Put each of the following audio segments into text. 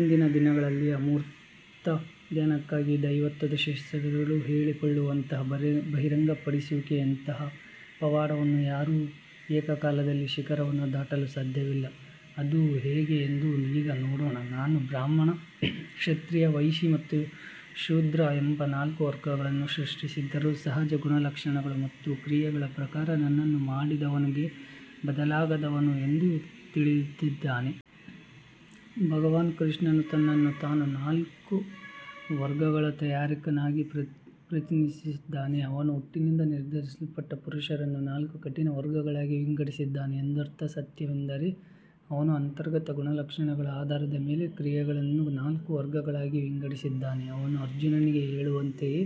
ಇಂದಿನ ದಿನಗಳಲ್ಲಿ ಅಮೂರ್ತ ಧ್ಯಾನಕ್ಕಾಗಿ ದೈವತ್ವದ ಶಿಕ್ಷಕರು ಹೇಳಿಕೊಳ್ಳುವಂತಹ ಬಹಿರಂಗಪಡಿಸುವಿಕೆಯಂತಹ ಪವಾಡವನ್ನು ಯಾರೂ ಏಕಕಾಲದಲ್ಲಿ ಶಿಖರವನ್ನು ದಾಟಲು ಸಾಧ್ಯವಿಲ್ಲ. ಅದು ಹೇಗೆ ಎಂದು ಈಗ ನೋಡೋಣ ನಾನು ಬ್ರಾಹ್ಮಣ ಕ್ಷತ್ರಿಯ ವೈಶಿ ಮತ್ತು ಶೂದ್ರ ಎಂಬ ನಾಲ್ಕು ವರ್ಗಗಳನ್ನು ಸೃಷ್ಟಿಸಿದ್ದರೂ ಸಹಜ ಗುಣಲಕ್ಷಣಗಳು ಮತ್ತು ಕ್ರಿಯೆಗಳ ಪ್ರಕಾರ ನನ್ನನ್ನು ಮಾಡದವನಾಗಿ ಬದಲಾಗದವನು ಎಂದು ತಿಳಿದಿದ್ದೇನೆ. ಭಗವಾನ್ ಕೃಷ್ಣನು ತನ್ನನ್ನು ತಾನು ನಾಲ್ಕು ವರ್ಗಗಳ ತಯಾರಕನಾಗಿ ಪ್ರತಿನಿಧಿಸುತ್ತಾನೆ ಅವನು ಹುಟ್ಟಿನಿಂದ ನಿರ್ಧರಿಸಲ್ಪಟ್ಟ ಪುರುಷರನ್ನು ನಾಲ್ಕು ಕಠಿಣ ವರ್ಗಗಳಾಗಿ ವಿಂಗಡಿಸಿದ್ದಾನೆ ಎಂದರ್ಥ ಸತ್ಯವೆಂದರೆ ಅವನು ಅಂತರ್ಗತ ಗುಣಲಕ್ಷಣಗಳ ಆಧಾರದ ಮೇಲೆ ಕ್ರಿಯೆಗಳನ್ನು ನಾಲ್ಕು ವರ್ಗಗಳಾಗಿ ವಿಂಗಡಿಸಿದ್ದಾನೆ ಅವನು ಅರ್ಜುನನಿಗೆ ಹೇಳುವಂತೆಯೇ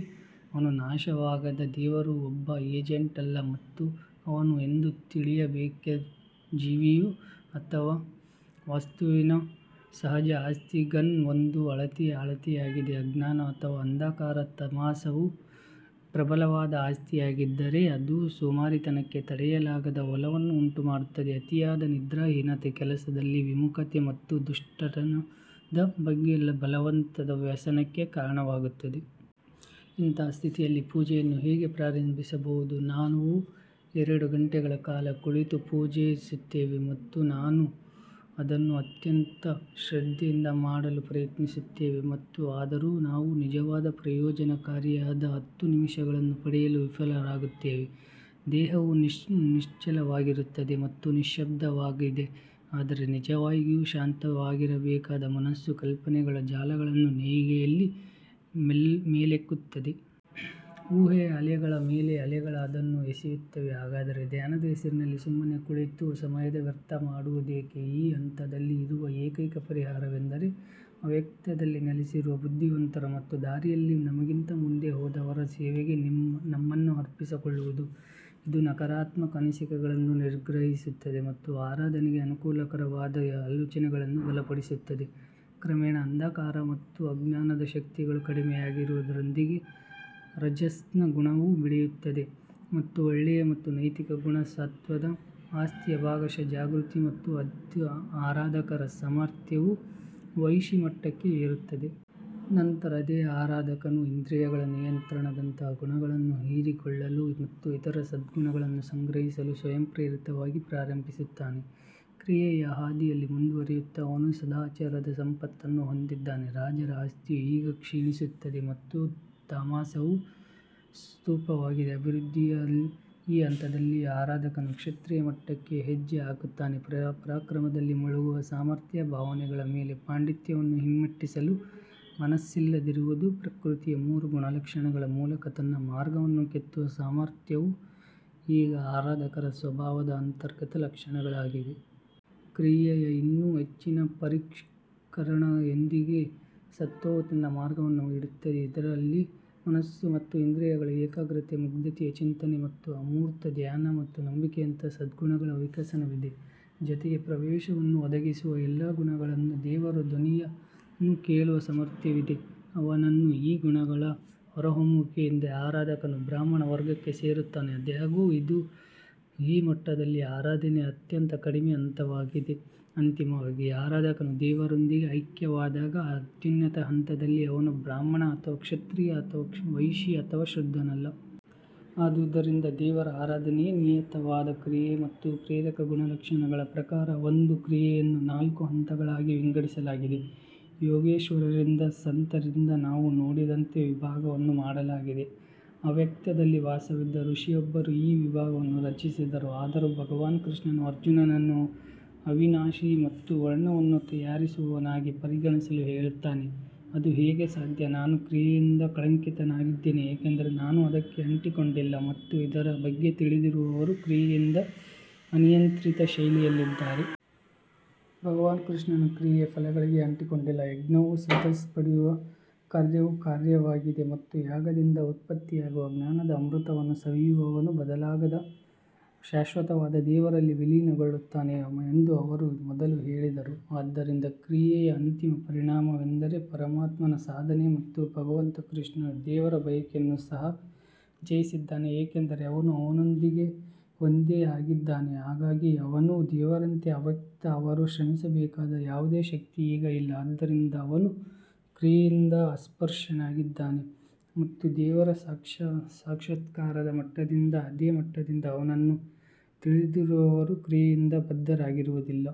ಅವನು ನಾಶವಾಗದ ದೇವರು ಒಬ್ಬ ಏಜೆಂಟ್ ಅಲ್ಲ ಮತ್ತು ಅವನು ಎಂದು ತಿಳಿಯಬೇಕು ಜೀವಿ ಅಥವಾ ವಸ್ತುವಿನ ಸಹಜ ಆಸ್ತಿ ಗನ್ ಒಂದು ಅಳತೆಯ ಅಳತೆಯಾಗಿದೆ ಅಜ್ಞಾನ ಅಥವಾ ಅಂಧಕಾರ ತಾಮಸವು ಪ್ರಬಲವಾದ ಆಸ್ತಿಯಾಗಿದ್ದರೆ, ಅದು ಸೋಮಾರಿತನಕ್ಕೆ ತಡೆಯಲಾಗದ ಒಲವನ್ನು ಉಂಟುಮಾಡುತ್ತದೆ, ಅತಿಯಾದ ನಿದ್ರಾಹೀನತೆ ಕೆಲಸದಲ್ಲಿ ವಿಮುಖತೆ ಮತ್ತು ದುಷ್ಟತನದ ಬಗ್ಗೆ ಬಲವಂತದ ವ್ಯಸನಕ್ಕೆ ಕಾರಣವಾಗುತ್ತದೆ. ಇಂತಹ ಸ್ಥಿತಿಯಲ್ಲಿ ಪೂಜೆಯನ್ನು ಹೇಗೆ ಪ್ರಾರಂಭಿಸಬಹುದು ನಾವು ಎರಡು ಗಂಟೆಗಳ ಕಾಲ ಕುಳಿತು ಪೂಜಿಸುತ್ತೇವೆ ಮತ್ತು ನಾವು ಅದನ್ನು ಅತ್ಯಂತ ಶ್ರದ್ಧೆಯಿಂದ ಮಾಡಲು ಪ್ರಯತ್ನಿಸುತ್ತೇವೆ ಮತ್ತು ಆದರೂ ನಾವು ನಿಜವಾದ ಪ್ರಯೋಜನಕಾರಿಯಾದ ಹತ್ತು ನಿಮಿಷಗಳನ್ನು ಪಡೆಯಲು ವಿಫಲರಾಗುತ್ತೇವೆ. ದೇಹವು ನಿಶ್ಚಲವಾಗಿರುತ್ತದೆ ಮತ್ತು ನಿಶ್ಯಬ್ದವಾಗಿದೆ ಆದರೆ ನಿಜವಾಗಿಯೂ ಶಾಂತವಾಗಿರಬೇಕಾದ ಮನಸ್ಸು ಕಲ್ಪನೆಗಳ ಜಾಲಗಳನ್ನು ನೇಯ್ಗೆಯಲ್ಲಿ ಮೇಲಕ್ಕೆತ್ತುತ್ತದೆ. ಊಹೆಯ ಅಲೆಗಳ ಮೇಲೆ ಅಲೆಗಳು ಅದನ್ನು ಎಸೆಯುತ್ತವೆ ಹಾಗಾದರೆ ಧ್ಯಾನದ ಹೆಸರಲ್ಲಿ ಸುಮ್ಮನೆ ಕುಳಿತು ಸಮಯ ವ್ಯರ್ಥ ಮಾಡುವುದೇಕೆ ಈ ಹಂತದಲ್ಲಿ ಇರುವ ಏಕೈಕ ಪರಿಹಾರವೆಂದರೆ, ಅವ್ಯಕ್ತದಲ್ಲಿ ನೆಲೆಸಿರುವ ಬುದ್ಧಿವಂತರ ಮತ್ತು ದಾರಿಯಲ್ಲಿ ನಮಗಿಂತ ಮುಂದೆ ಹೋದವರ ಸೇವೆಗೆ ನಮ್ಮನ್ನು ಅರ್ಪಿಸಿಕೊಳ್ಳುವುದು. ಇದು ನಕಾರಾತ್ಮಕ ಅನಿಸಿಕೆಗಳನ್ನು ನಿಗ್ರಹಿಸುತ್ತದೆ ಮತ್ತು ಆರಾಧನೆಗೆ ಅನುಕೂಲಕರವಾದ ಆಲೋಚನೆಗಳನ್ನು ಬಲಪಡಿಸುತ್ತದೆ ಕ್ರಮೇಣ ಅಂಧಕಾರ ಮತ್ತು ಅಜ್ಞಾನದ ಶಕ್ತಿಗಳು ಕಡಿಮೆಯಾಗುವುದರೊಂದಿಗೆ ರಜಸ್ನ ಗುಣವು ಬೆಳೆಯುತ್ತಿದೆ ಮತ್ತು ಒಳ್ಳೆಯ ಮತ್ತು ನೈತಿಕ ಗುಣ ಸತ್ವದ ಆಸ್ತಿಯ ಭಾಗಶಃ ಜಾಗೃತಿ ಮತ್ತು ಆರಾಧಕರ ಸಾಮರ್ಥ್ಯವು ವೈಶಿ ಮಟ್ಟಕ್ಕೆ ಏರುತ್ತದೆ. ನಂತರ ಅದೇ ಆರಾಧಕನು ಇಂದ್ರಿಯಗಳ ನಿಯಂತ್ರಣದಂತಹ ಗುಣಗಳನ್ನು ಹೀರಿಕೊಳ್ಳಲು ಮತ್ತು ಇತರ ಸದ್ಗುಣಗಳನ್ನು ಸಂಗ್ರಹಿಸಲು ಸ್ವಯಂಪ್ರೇರಿತವಾಗಿ ಪ್ರಾರಂಭಿಸುತ್ತಾನೆ. ಕ್ರಿಯೆಯ ಹಾದಿಯಲ್ಲಿ ಮುಂದುವರಿಯುತ್ತಾ ಅವನು ಸದಾಚಾರದ ಸಂಪತ್ತನ್ನು ಹೊಂದಿದ್ದಾನೆ ರಾಜರ ಆಸ್ತಿಯು ಈಗ ಕ್ಷೀಣಿಸುತ್ತದೆ ಮತ್ತು ತಾಮಸವು ಸುಪ್ತವಾಗಿದೆ ಅಭಿವೃದ್ಧಿಯ ಈ ಹಂತದಲ್ಲಿ ಆರಾಧಕನು ಕ್ಷತ್ರಿಯ ಮಟ್ಟಕ್ಕೆ ಹೆಜ್ಜೆ ಹಾಕುತ್ತಾನೆ ಪರಾಕ್ರಮದಲ್ಲಿ ಮುಳುಗುವ ಸಾಮರ್ಥ್ಯ, ಭಾವನೆಗಳ ಮೇಲೆ ಪಾಂಡಿತ್ಯವನ್ನು ಹಿಮ್ಮೆಟ್ಟಿಸಲು ಮನಸ್ಸಿಲ್ಲದಿರುವುದು ಪ್ರಕೃತಿಯ ಮೂರು ಗುಣಲಕ್ಷಣಗಳ ಮೂಲಕ ತನ್ನ ಮಾರ್ಗವನ್ನು ಕೆತ್ತುವ ಸಾಮರ್ಥ್ಯವು ಈಗ ಆರಾಧಕರ ಸ್ವಭಾವದ ಅಂತರ್ಗತ ಲಕ್ಷಣಗಳಾಗಿವೆ. ಕ್ರಿಯೆಯ ಇನ್ನೂ ಹೆಚ್ಚಿನ ಪರಿಷ್ಕರಣೆಯೊಂದಿಗೆ ಸತ್ವವು ತನ್ನ ಮಾರ್ಗವನ್ನು ಮಾಡುತ್ತದೆ, ಇದರಲ್ಲಿ ಮನಸ್ಸು ಮತ್ತು ಇಂದ್ರಿಯಗಳ ಏಕಾಗ್ರತೆ ಮುಗ್ಧತೆಯ ಚಿಂತನೆ ಮತ್ತು ಅಮೂರ್ತ ಧ್ಯಾನ ಮತ್ತು ನಂಬಿಕೆಯಂತಹ ಸದ್ಗುಣಗಳ ವಿಕಸನವಿದೆ, ಜೊತೆಗೆ ಪ್ರವೇಶವನ್ನು ಒದಗಿಸುವ ಎಲ್ಲಾ ಗುಣಗಳನ್ನು ದೇವರ ಧ್ವನಿಯನ್ನು ಕೇಳುವ ಸಾಮರ್ಥ್ಯವಿದೆ. ಅವನನ್ನು ಈ ಗುಣಗಳ ಹೊರಹೊಮ್ಮುವಿಕೆಯೊಂದಿಗೆ ಆರಾಧಕನು ಬ್ರಾಹ್ಮಣ ವರ್ಗಕ್ಕೆ ಸೇರುತ್ತಾನೆ ಆದಾಗ್ಯೂ ಇದು ಈ ಮಟ್ಟದಲ್ಲಿ ಆರಾಧನೆಯ ಅತ್ಯಂತ ಕಡಿಮೆ ಹಂತವಾಗಿದೆ ಅಂತಿಮವಾಗಿ ಆರಾಧಕನು ದೇವರೊಂದಿಗೆ ಐಕ್ಯವಾದಾಗ ಅತ್ಯುನ್ನತ ಹಂತದಲ್ಲಿ ಅವನು ಬ್ರಾಹ್ಮಣ ಅಥವಾ ಕ್ಷತ್ರಿಯ ಅಥವಾ ವೈಶಿ ಅಥವಾ ಶೂದ್ರನಲ್ಲ. ಆದುದರಿಂದ ದೇವರ ಆರಾಧನೆಯೇ ನಿಯತವಾದ ಕ್ರಿಯೆ ಮತ್ತು ಪ್ರೇರಕ ಗುಣಲಕ್ಷಣಗಳ ಪ್ರಕಾರ ಈ ಒಂದು ಕ್ರಿಯೆಯನ್ನು ನಾಲ್ಕು ಹಂತಗಳಾಗಿ ವಿಂಗಡಿಸಲಾಗಿದೆ ಯೋಗೇಶ್ವರರಿಂದ ಸಂತರಿಂದ ನಾವು ನೋಡಿದಂತೆ ವಿಭಾಗವನ್ನು ಮಾಡಲಾಗಿದೆ ಅವ್ಯಕ್ತದಲ್ಲಿ ವಾಸವಾಗಿದ್ದ ಋಷಿಯೊಬ್ಬರು ಈ ವಿಭಾಗವನ್ನು ರಚಿಸಿದರು ಆದರೂ ಭಗವಾನ್ ಕೃಷ್ಣನು ಅರ್ಜುನನನ್ನು ಅವಿನಾಶಿ ಮತ್ತು ವರ್ಣವನ್ನು ತಯಾರಿಸುವವನಾಗಿ ಪರಿಗಣಿಸಲು ಹೇಳುತ್ತಾನೆ ಅದು ಹೇಗೆ ಸಾಧ್ಯ ನಾನು ಕ್ರಿಯೆಯಿಂದ ಕಳಂಕಿತನಾಗಿದ್ದೇನೆ ಏಕೆಂದರೆ ನಾನು ಅದಕ್ಕೆ ಅಂಟಿಕೊಂಡಿಲ್ಲ ಮತ್ತು ಇದರ ಬಗ್ಗೆ ತಿಳಿದಿರುವವರು ಕ್ರಿಯೆಯಿಂದ ಅನಿಯಂತ್ರಿತ ಶೈಲಿಯಲ್ಲಿದ್ದಾರೆ. ಭಗವಾನ್ ಕೃಷ್ಣನು ಕ್ರಿಯೆಯ ಫಲಗಳಿಗೆ ಅಂಟಿಕೊಂಡಿಲ್ಲ ಯಜ್ಞವು ಸಿದ್ಧಿಸಲ್ಪಡುವ ಕಾರ್ಯವು ಕಾರ್ಯವಾಗಿದೆ ಮತ್ತು ಯಾಗದಿಂದ ಉತ್ಪತ್ತಿಯಾಗುವ ಜ್ಞಾನದ ಅಮೃತವನ್ನು ಸವಿಯುವವನು ಬದಲಾಗದ ಶಾಶ್ವತವಾದ ದೇವರಲ್ಲಿ ವಿಲೀನಗೊಳ್ಳುತ್ತಾನೆ ಎಂದು ಅವರು ಮೊದಲು ಹೇಳಿದರು. ಆದ್ದರಿಂದ ಕ್ರಿಯೆಯ ಅಂತಿಮ ಪರಿಣಾಮವೆಂದರೆ ಪರಮಾತ್ಮನ ಸಾಧನೆ ಮತ್ತು ಭಗವಂತ ಕೃಷ್ಣನು ದೇವರ ಬಯಕೆಯನ್ನು ಸಹ ಜಯಿಸಿದ್ದಾನೆ ಏಕೆಂದರೆ ಅವನು ಅವನೊಂದಿಗೆ ಒಂದೇ ಆಗಿದ್ದಾನೆ ಹಾಗಾಗಿ ಅವನೂ ದೇವರಂತೆ ಅವ್ಯಕ್ತ ಅವರು ಶ್ರಮಿಸಬೇಕಾದ ಯಾವುದೇ ಶಕ್ತಿ ಈಗ ಇಲ್ಲ ಆದ್ದರಿಂದ ಅವನು ಕ್ರಿಯೆಯಿಂದ ಅಸ್ಪೃಶ್ಯನಾಗಿದ್ದಾನೆ ಮತ್ತು ದೇವರ ಸಾಕ್ಷಾತ್ಕಾರದ ಮಟ್ಟದಿಂದ ಅದೇ ಮಟ್ಟದಿಂದ ಅವನನ್ನು ತಿಳಿದಿರುವವರೂ ಕ್ರಿಯೆಯಿಂದ ಬದ್ಧರಾಗಿರುವುದಿಲ್ಲ.